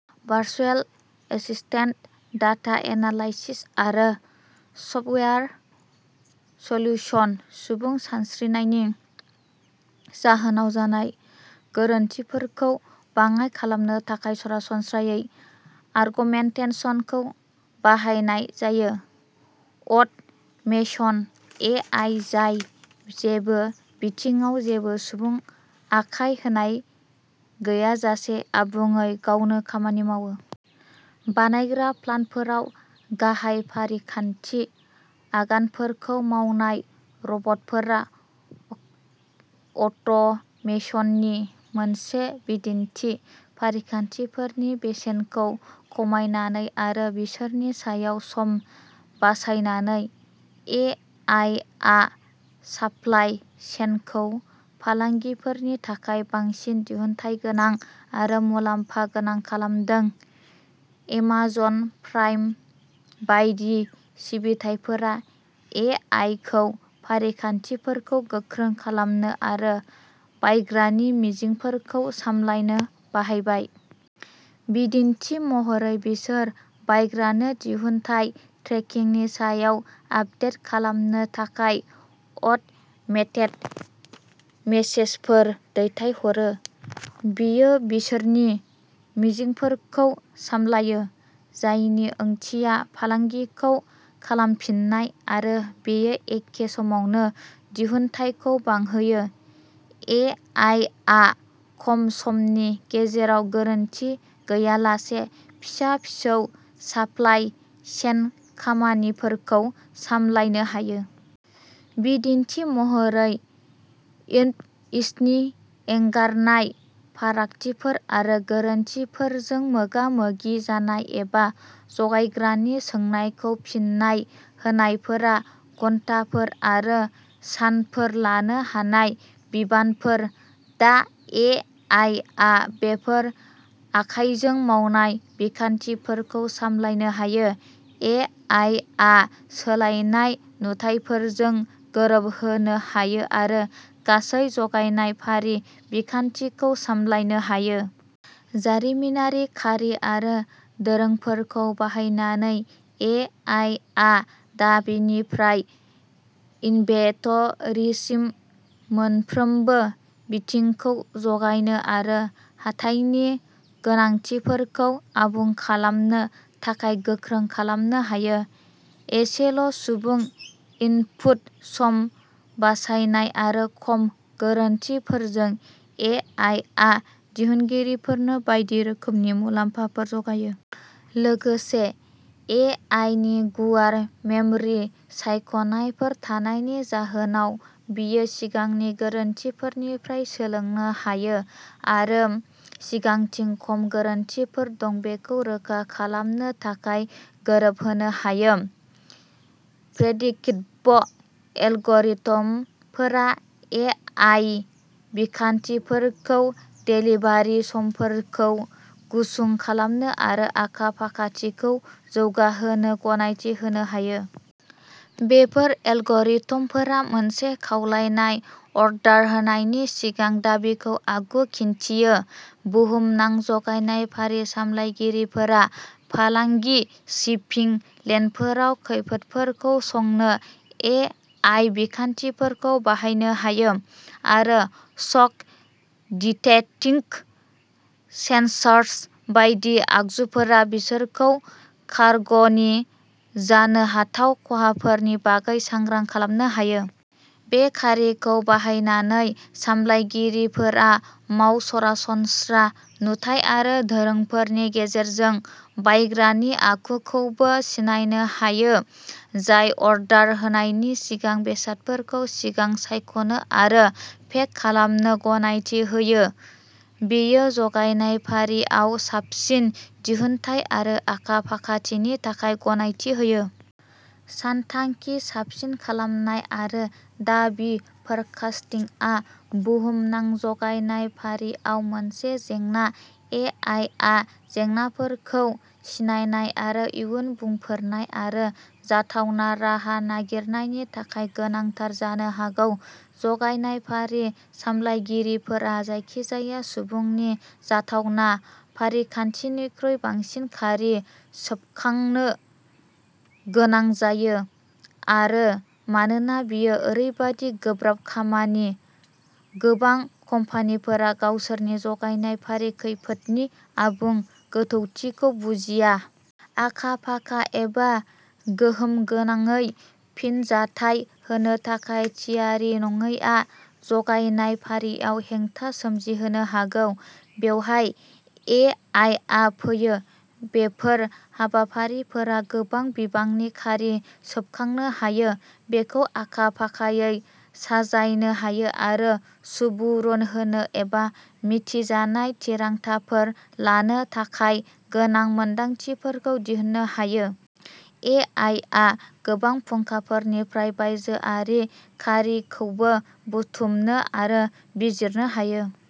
Virtual assistant, data analysis आरो software solution. सुबुं सानस्रिनायनि जाहोनाव जानाय गोरोन्थिफोरखौ बाङाइ खालामनो थाखाय सरासनस्रायै आरगमेन्टेसनखौ बाहायनाय जायो। अट'मेसन ए आइ जाय जेबो बिथिङाव जेबो सुबुं आखाय होनाय गैयाजासे आबुङै गावनो खामानि मावो। बानायग्रा प्लान्टफोराव गाहाय फारिखान्थि आगानफोरखौ मावनाय रबटफोरा अट'मेसननि मोनसे बिदिन्थि। फारिखान्थिफोरनि बेसेनखौ खमायनानै आरो बिसोरनि सायाव सम बासायनानै, ए आइ आ साप्लाइ चेनखौ फालांगिफोरनि थाखाय बांसिन दिहुनथायगोनां आरो मुलाम्फा गोनां खालामदों। एमाजन प्राइम बायदि सिबिथायफोरा ए आइ खौ फारिखान्थिफोरखौ गोख्रों खालामनो आरो बायग्रानि मिजिंफोरखौ सामलायनो बाहायबाय। बिदिन्थि महरै, बिसोर बायग्रानो दिहुनथाय ट्रेकिंनि सायाव आपदेट खालामनो थाखाय अट'मेटेड मेसेजफोर दैथायहरो। बेयो बिसोरनि मिजिंफोरखौ सामलायो, जायनि ओंथिया फालांगिखौ खालामफिननाय, आरो बेयो एखे समावनो दिहुनथायखौ बांहोयो। ए आइ आ खम समनि गेजेराव गोरोन्थि गैयालासे फिसा-फिसौ साप्लाइ चेन खामानिफोरखौ सामलायनो हायो। बिदिन्थि महरै, इनभ'इसनि एंगारनाय, फारागथिफोर आरो गोरोन्थिफोरजों मोगा-मोगि जानाय एबा जगायग्रानि सोंनायखौ फिननाय होनायफोरा घन्टाफोर आरो सानफोर लानो हानाय बिबानफोर। दा, ए आइ आ बेफोर आखाइजों मावनाय बिखान्थिफोरखौ सामलायनो हायो। ए आइ आ सोलायनाय नुथायफोरजों गोरोबहोनो हायो आरो गासै जगायनाय फारि बिखान्थिखौ सामलायनो हायो। जारिमिनारि खारि आरो दोरोंफोरखौ बाहायनानै, ए आइ आ दाबिनिफ्राय इनभेन्टरिसिम मोनफ्रोमबो बिथिंखौ जगायनो आरो हाथाइनि गोनांथिफोरखौ आबुं खालामनो थाखाय गोख्रों खालामनो हायो। एसेल'सुबुं इनपुट, सम बासायनाय आरो खम गोरोन्थिफोरजों, ए आइ आ दिहुनगिरिफोरनो बायदि रोखोमनि मुलाम्फाफोर जगायो। लोगोसे, ए आइ नि गुवार मेम'रि सायख'नायफोर थानायनि जाहोनाव, बेयो सिगांनि गोरोन्थिफोरनिफ्राय सोलोंनो हायो आरो सिगांथिं खम गोरोन्थिफोर दं बेखौ रोखा खालामनो थाखाय गोरोबहोनो हायो। प्रेडिक्टिभ एलग'रिथमफोरा ए आइ बिखान्थिफोरखौ देलिभारि समफोरखौ गुसुं खालामनो आरो आखा-फाखाथिखौ जौगाहोनो गनायथि होनो हायो। बेफोर एलग'रिथमफोरा मोनसे खावलायनाय अर्डार होनायनि सिगां दाबिखौ आगु-खिन्थियो। बुहुमनां जगायनाय फारि सामलायगिरिफोरा फालांगि शिपिं लेनफोराव खैफोदफोरखौ संनो ए आइ बिखान्थिफोरखौ बाहायनो हायो, आरो शक-डिटेक्टिं सेन्सर्स बायदि आगजुफोरा बिसोरखौ कार्ग'नि जानो हाथाव खहाफोरनि बागै सांग्रां खालामनो हायो। बे खारिखौ बाहायनानै, सामलायगिरिफोरा माव सरासनस्रा नुथाय आरो दोरोंफोरनि गेजेरजों बायग्रानि आखुखौबो सिनायनो हायो, जाय अर्डार होनायनि सिगां बेसादफोरखौ सिगां सायख'नो आरो पेक खालामनो गनायथि होयो। बेयो जगायनाय फारिआव साबसिन दिहुनथाय आरो आखा-फाखाथिनि थाखाय गनायथि होयो। सानथांखि, साबसिन खालामनाय आरो दाबि फोरकास्टिंआ बुहुमनां जगायनाय फारिआव मोनसे जेंना। ए आइ आ जेंनाफोरखौ सिनायनाय आरो इयुन बुंफोरनाय आरो जाथावना राहा नागिरनायनि थाखाय गोनांथार जानो हागौ। जगायनाय फारि सामलायगिरिफोरा जायखिजाया सुबुंनि जाथावना फारिखान्थिनिख्रुइ बांसिन खारि सोबखांनो गोनां जायो आरो मानोना बेयो ओरैबायदि गोब्राब खामानि, गोबां कम्पानिफोरा गावसोरनि जगायनाय फारि खैफोदनि आबुं गोथौथिखौ बुजिया। आखा-फाखा एबा गोहोमगोनाङै फिनजाथाय होनो थाखाय थियारि नङैआ जगायनाय फारिआव हेंथा सोमजिहोनो हागौ। बेवहाय ए आइ आ फैयो। बेफोर हाबाफारिफोरा गोबां बिबांनि खारि सोबखांनो हायो, बेखौ आखा-फाखायै साजायनो हायो आरो सुबुरुन होनो एबा मिथिजानाय थिरांथाफोर लानो थाखाय गोनां मोनदांथिफोरखौ दिहुननो हायो। ए आइ आ गोबां फुंखाफोरनिफ्राय बायजोआरि खारिखौबो बुथुमनो आरो बिजिरनो हायो।